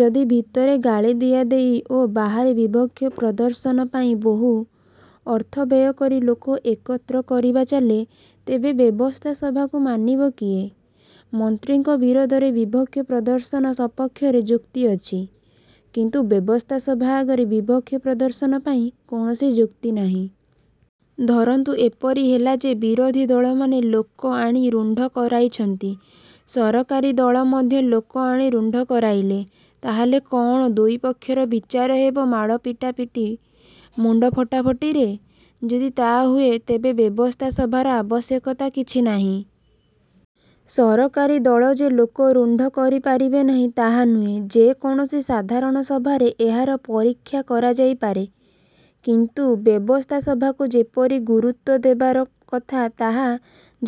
ଯଦି ଭିତରେ ଗାଳି ଦିଆଦେଇ ଓ ବାହାରେ ବିକ୍ଷୋଭ ପ୍ରଦର୍ଶନ ପାଇଁ ବହୁ ଅର୍ଥ ବ୍ୟୟକରି ଲୋକ ଏକତ୍ର କରିବା ଚାଲେ, ତେବେ ବ୍ୟବସ୍ଥାସଭାକୁ ମାନିବ କିଏ? ମନ୍ତ୍ରୀଙ୍କ ବିରୋଧରେ ବିକ୍ଷୋଭ ପ୍ରଦର୍ଶନ ସପକ୍ଷରେ ଯୁକ୍ତି ଅଛି; କିନ୍ତୁ ବ୍ୟବସ୍ଥାସଭା ଆଗରେ ବିକ୍ଷୋଭ ପ୍ରଦର୍ଶନ ପାଇଁ କୌଣସି ଯୁକ୍ତି ନାହିଁ। ଧରନ୍ତୁ ଏପରି ହେଲା ଯେ ବିରୋଧୀ ଦଳମାନେ ଲୋକ ଆଣି ରୁଣ୍ଡ କରାଇଛନ୍ତି। ସରକାରୀ ଦଳ ମଧ୍ୟ ଲୋକ ଆଣି ରୁଣ୍ଡ କରାଇଲେ। ତାହାହେଲେ କଅଣ ଦୁଇ ପକ୍ଷର ବିଚାର ହେବ ମାଡ଼ପିଟାପିଟି, ମୁଣ୍ଡ ଫଟାଫଟିରେ? ଯଦି ତାହା ହୁଏ, ତେବେ ବ୍ୟବସ୍ଥାସଭାର ଆବଶ୍ୟକତା କିଛି ନାହିଁ। ସରକାରୀ ଦଳ ଯେ ଲୋକ ରୁଣ୍ଡ କରିପାରିବେ ନାହିଁ ତାହା ନୁହେଁ। ଯେ କୌଣସି ସାଧାରଣ ସଭାରେ ଏହାର ପରୀକ୍ଷା କରାଯାଇ ପାରେ; କିନ୍ତୁ ବ୍ୟବସ୍ଥାସଭାକୁ ଯେପରି ଗୁରୁତ୍ୱ ଦେବାର କଥା ତାହା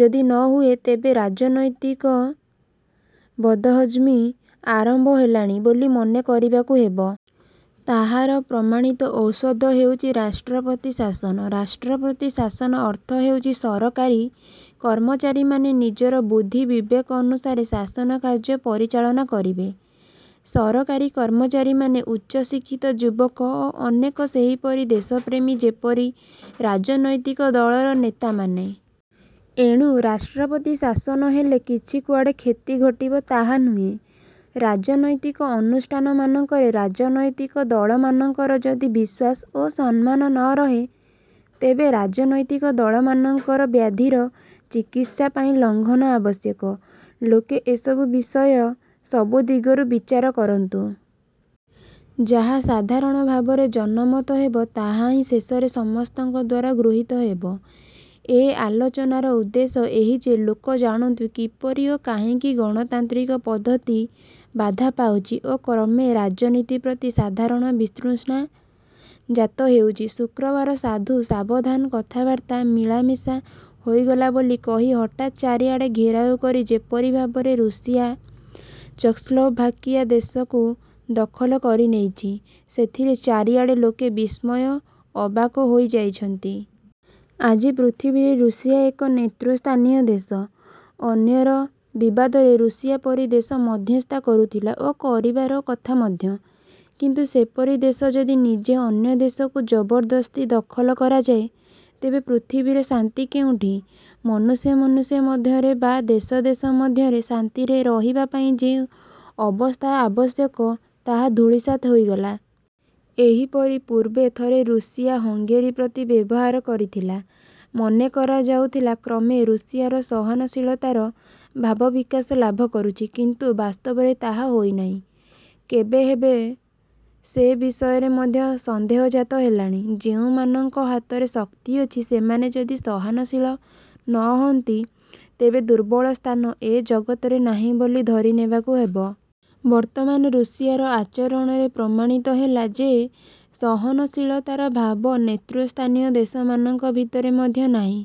ଯଦି ନହୁଏ, ତେବେ ରାଜନୈତିକ ବଦ୍ହଜମି ଆରମ୍ଭ ହେଲାଣି ବୋଲି ମନେ କରିବାକୁ ହେବ। ତାହାର ପ୍ରମାଣିତ ଔଷଧ ହେଉଛି ରାଷ୍ଟ୍ରପତି ଶାସନ। ରାଷ୍ଟ୍ରପତି ଶାସନର ଅର୍ଥ ହେଉଛି ସରକାରୀ କର୍ମଚାରୀମାନେ ନିଜର ବୁଦ୍ଧି ବିବେକ ଅନୁସାରେ ଶାସନ କାର୍ଯ୍ୟ ପରିଚାଳନା କରିବେ। ସରକାରୀ କର୍ମଚାରୀମାନେ ଉଚ୍ଚ ଶିକ୍ଷିତ ଯୁବକ ଓ ଅନେକ ସେହିପରି ଦେଶପ୍ରେମୀ ଯେପରି ରାଜନୈତିକ ଦଳର ନେତାମାନେ। ଏଣୁ ରାଷ୍ଟ୍ରପତି ଶାସନ ହେଲେ କିଛି କୁଆଡ଼େ କ୍ଷତି ଘଟିବ, ତାହା ନୁହେଁ। ରାଜନୈତିକ ଅନୁଷ୍ଠାନମାନଙ୍କରେ ରାଜନୈତିକ ଦଳମାନଙ୍କର ଯଦି ବିଶ୍ୱାସ ଓ ସମ୍ମାନ ନରହେ, ତେବେ ରାଜନୈତିକ ଦଳମାନଙ୍କର ବ୍ୟାଧିର ଚିକିତ୍ସା ପାଇଁ ଲଂଘନ ଆବଶ୍ୟକ। ଲୋକେ ଏସବୁ ବିଷୟ ସବୁ ଦିଗରୁ ବିଚାର କରନ୍ତୁ। ଯାହା ସାଧାରଣ ଭାବରେ ଜନମତ ହେବ, ତାହା ହିଁ ଶେଷରେ ସମସ୍ତଙ୍କଦ୍ୱାରା ଗୃହୀତ ହେବ। ଏ ଆଲୋଚନାର ଉଦ୍ଦେଶ୍ୟ ଏହି ଯେ ଲୋକ ଜାଣନ୍ତୁ କିପରି ଓ କାହିଁକି ଗଣତାନ୍ତ୍ରିକ ପଦ୍ଧତି ବାଧାପାଉଛି ଓ କ୍ରମେ ରାଜନୀତି ପ୍ରତି ସାଧାରଣ ବିତୃଷ୍ଣା ଜାତହେଉଛି। ଶୁକ୍ରବାର ସାଧୁ ସାବଧାନ କଥାବାର୍ତ୍ତାରେ ମିଳାମିଶା ହୋଇଗଲା ବୋଲି କହି ହଠାତ୍ ଚାରିଆଡ଼େ ଘେରାଉ କରି ଯେପରି ଭାବରେ ରୁଷିଆ ଚେକୋସ୍ଲୋଭାକିଆ ଦେଶକୁ ଦଖଲ କରିନେଇଛି, ସେଥିରେ ଚାରିଆଡ଼େ ଲୋକେ ବିସ୍ମୟରେ ଅବାକ ହୋଇ ଯାଇଛନ୍ତି। ଆଜି ପୃଥିବୀରେ ରୁଷିଆ ଏକ ନେତୃ ସ୍ଥାନୀୟ ଦେଶ। ଅନ୍ୟର ବିବାଦରେ ରୁଷିଆ ପରି ଦେଶ ମଧ୍ୟସ୍ଥତା କରୁଥିଲା ଓ କରିବାର କଥା ମଧ୍ୟ; କିନ୍ତୁ ସେପରି ଦେଶ ଯଦି ନିଜେ ଅନ୍ୟ ଦେଶକୁ ଜବରଦସ୍ତି ଦଖଲ କରିଯାଏ, ତେବେ ପୃଥିବୀରେ ଶାନ୍ତି କେଉଁଠି। ମନୁଷ୍ୟ ମନୁଷ୍ୟ ମଧ୍ୟରେ ବା ଦେଶ ଦେଶ ମଧ୍ୟରେ ଶାନ୍ତିରେ ରହିବାପାଇଁ ଯେଉଁ ଅବସ୍ଥା ଆବଶ୍ୟକ ତାହା ଧୂଳିସାତ ହୋଇଗଲା। ଏହିପରି ପୂର୍ବେ ଥରେ ରୁଷିଆ ହଙ୍ଗେରି ପ୍ରତି ବ୍ୟବହାର କରିଥିଲା। ମନେ କରାଯାଉଥିଲା, କ୍ରମେ ରୁଷିଆରେ ସହନଶୀଳତାର ଭାବ ବିକାଶ ଲାଭ କରୁଛି; କିନ୍ତୁ ବାସ୍ତବରେ ତାହା ହୋଇନାହିଁ। କେବେ ହେବ ସେ ବିଷୟରେ ମଧ୍ୟ ସନ୍ଦେହଜାତ ହେଲାଣି। ଯେଉଁମାନଙ୍କ ହାତରେ ଶକ୍ତି ଅଛି, ସେମାନେ ଯଦି ସହନଶୀଳ ନ ହୁଅନ୍ତି, ତେବେ ଦୁର୍ବଳର ସ୍ଥାନ ଏ ଜଗତରେ ନାହିଁ ବୋଲି ଧରିନେବାକୁ ହେବ। ବର୍ତ୍ତମାନ ରୁଷିଆର ଆଚରଣରେ ପ୍ରମାଣିତ ହେଲା ଯେ ସହନଶୀଳତାର ଭାବ ନେତୃସ୍ଥାନୀୟ ଦେଶମାନଙ୍କ ଭିତରେ ମଧ୍ୟ ନାହିଁ।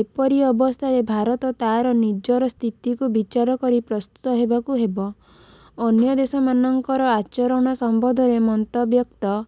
ଏପରି ଅବସ୍ଥାରେ ଭାରତ ତା'ର ନିଜର ସ୍ଥିତିକୁ ବିଚାରକରି ପ୍ରସ୍ତୁତ ହେବାକୁ ହେବ। ଅନ୍ୟ ଦେଶମାନଙ୍କର ଆଚରଣ ସମ୍ବନ୍ଧରେ ମତବ୍ୟକ୍ତ